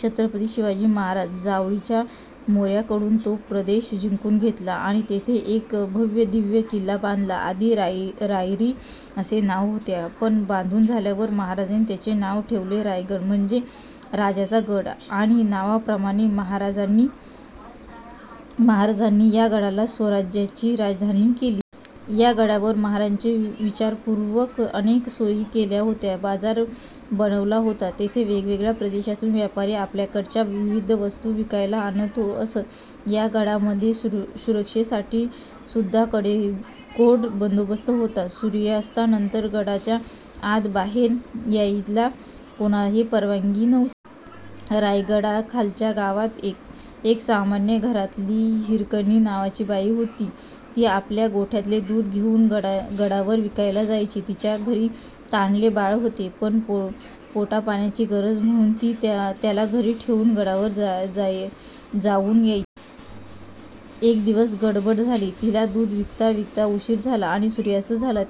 छत्रपती शिवाजी महाराजांनी जावळीच्या मोऱ्यांकडून तो प्रदेश जिंकुन घेतला आणि तिथे एक भव्य दिव्य किल्ला बांधला. आधी रायरी असे नाव होते, पण बांधुन झाल्यावर महाराजांनी त्याचे नाव ठेवले रायगड. म्हणजे राजाचा गड आणि नावाप्रमाणेच महाराजांनी या गडाला स्वराज्याची राजधानी केले. ह्या गडावर महाराजांनी विचारपुर्वक अनेक सोयी केल्या होत्या. बाजार बनवला होता. तिथे वेगवेगळ्या प्रदेशातून व्यापारी आपल्याकडच्या विविध वस्तु विकायला आणत असत. या गडाच्या सुरक्षेसाठी सुद्धा कडेकोट बंदोबस्त होता. सूर्यास्तानंतर गडाच्या आत बाहेर जायला कोणालाच परवानगी नव्हती. रायगडाखालच्या गावात एक सामान्य घरातली हिरकणी नावाची बाई होती. ती आपल्या गोठ्यातले दुध घेऊन गडावर विकायला जायची. तिच्या घरी तान्हुले बाळ होते, पण पोटापाण्याची गरज म्हणुन ती त्याला घरी ठेवुन गडावर जाऊन यायची. एक दिवस गडबड झाली. तिला दुध विकता विकता उशीर झाला आणि सूर्यास्त झाला.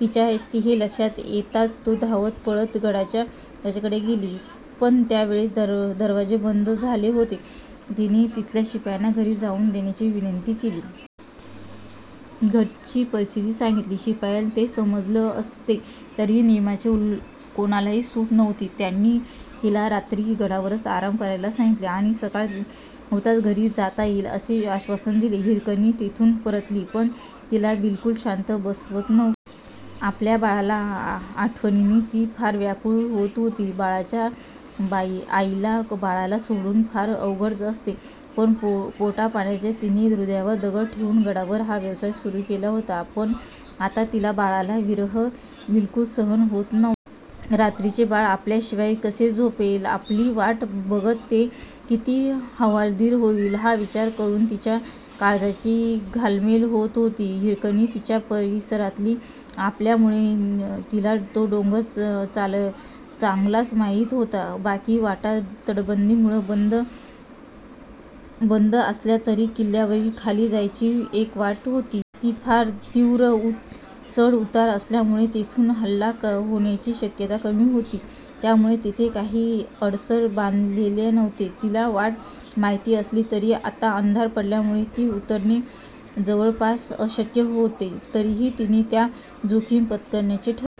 तिच्या हे लक्षात येताच तो धावत पळत गडाच्या दरवाजाकडे गेली. पण तोपर्यंत दरवाजे बंद झाले होते. तिने तिथल्या शिपायांना घरी जाऊन देण्याची विनंती केली. घरची परिस्थिती सांगितली. शिपायांना ते समजत असले तरीही नियमात कोणालाही सुट नव्हती. त्यांनी तिला रात्री गडावरच आसरा घ्यायला सांगितले आणि सकाळ होताच घरी जाता येईल असे आश्वासन दिले. हिरकणी तिथुन परतली पण तिला बिलकुल शांत बसवत नव्हते. आपल्या बाळाच्या आठवणीने ती फार व्याकुळ होत होती. बाळाच्या आईला बाळाला सोडणे फार अवघड असते पण पोटापाण्यासाठी तिने हृदयावर दगड ठेवुन गडावर हा व्यवसाय सुरु केला होता. पण आता तिला बाळाचा विरह बिलकुल सहन होत नव्हता. रात्रीचे बाळ आपल्याशिवाय कसे झोपेल, आपली वाट बघत ते किती हवालदिल होईल हा विचार करून तिच्या काळजाची घालमेल होत होती. हिरकणी त्याच परिसरातली असल्यामुळे तिला तो डोंगर चांगलाच माहित होता. बाकी वाटा तटबंदीमुळे बंद असल्या तरी किल्ल्यावरून खाली जायला एक वाट होती. तिथे फार तीव्र चढ उतार असल्यामुळे तिथुन हल्ला होण्याची शक्यता कमी होती त्यामुळे तिथे काही अडसर बांधलेला नव्हता. तिला वाट माहित असली तरी आता अंधार पडल्यावर ती उतरणे जवळपास अशक्य होते. तरीही तिने ती जोखीम पत्करायची ठरवले.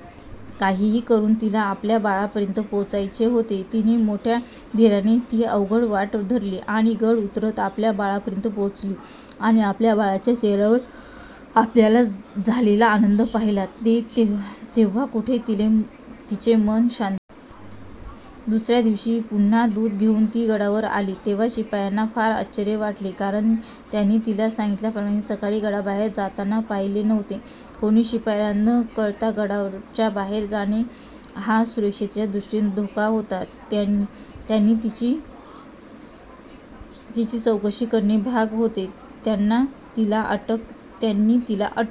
काहीही करून तिला आपल्या बाळापर्यंत पोहचायचे होते. तिने मोठ्या धीराने ती अवघड वाट धरली आणि गड उतरून आपल्या बाळापर्यंत पोहोचली आणि आपल्या बाळाच्या चेहऱ्यावर आपल्याला झालेला आनंद पाहिला तेव्हा कुठे तिचे मन शांत झाले. दुसऱ्या दिवशी पुन्हा दूध घेऊन ती गडावर आली तेव्हा शिपायांना फार आश्चर्य वाटले. कारण त्यांनी तिला सांगितल्याप्रमाणे सकाळी गडाबाहेर जाताना पाहिले नव्हते. कोणी शिपायांना न कळता गडाच्या बाहेर जाणे हा सुरक्षेच्या दृष्टीने धोका होता. त्यांना तिची चौकशी करणे भाग होते. त्यांनी तिला अटक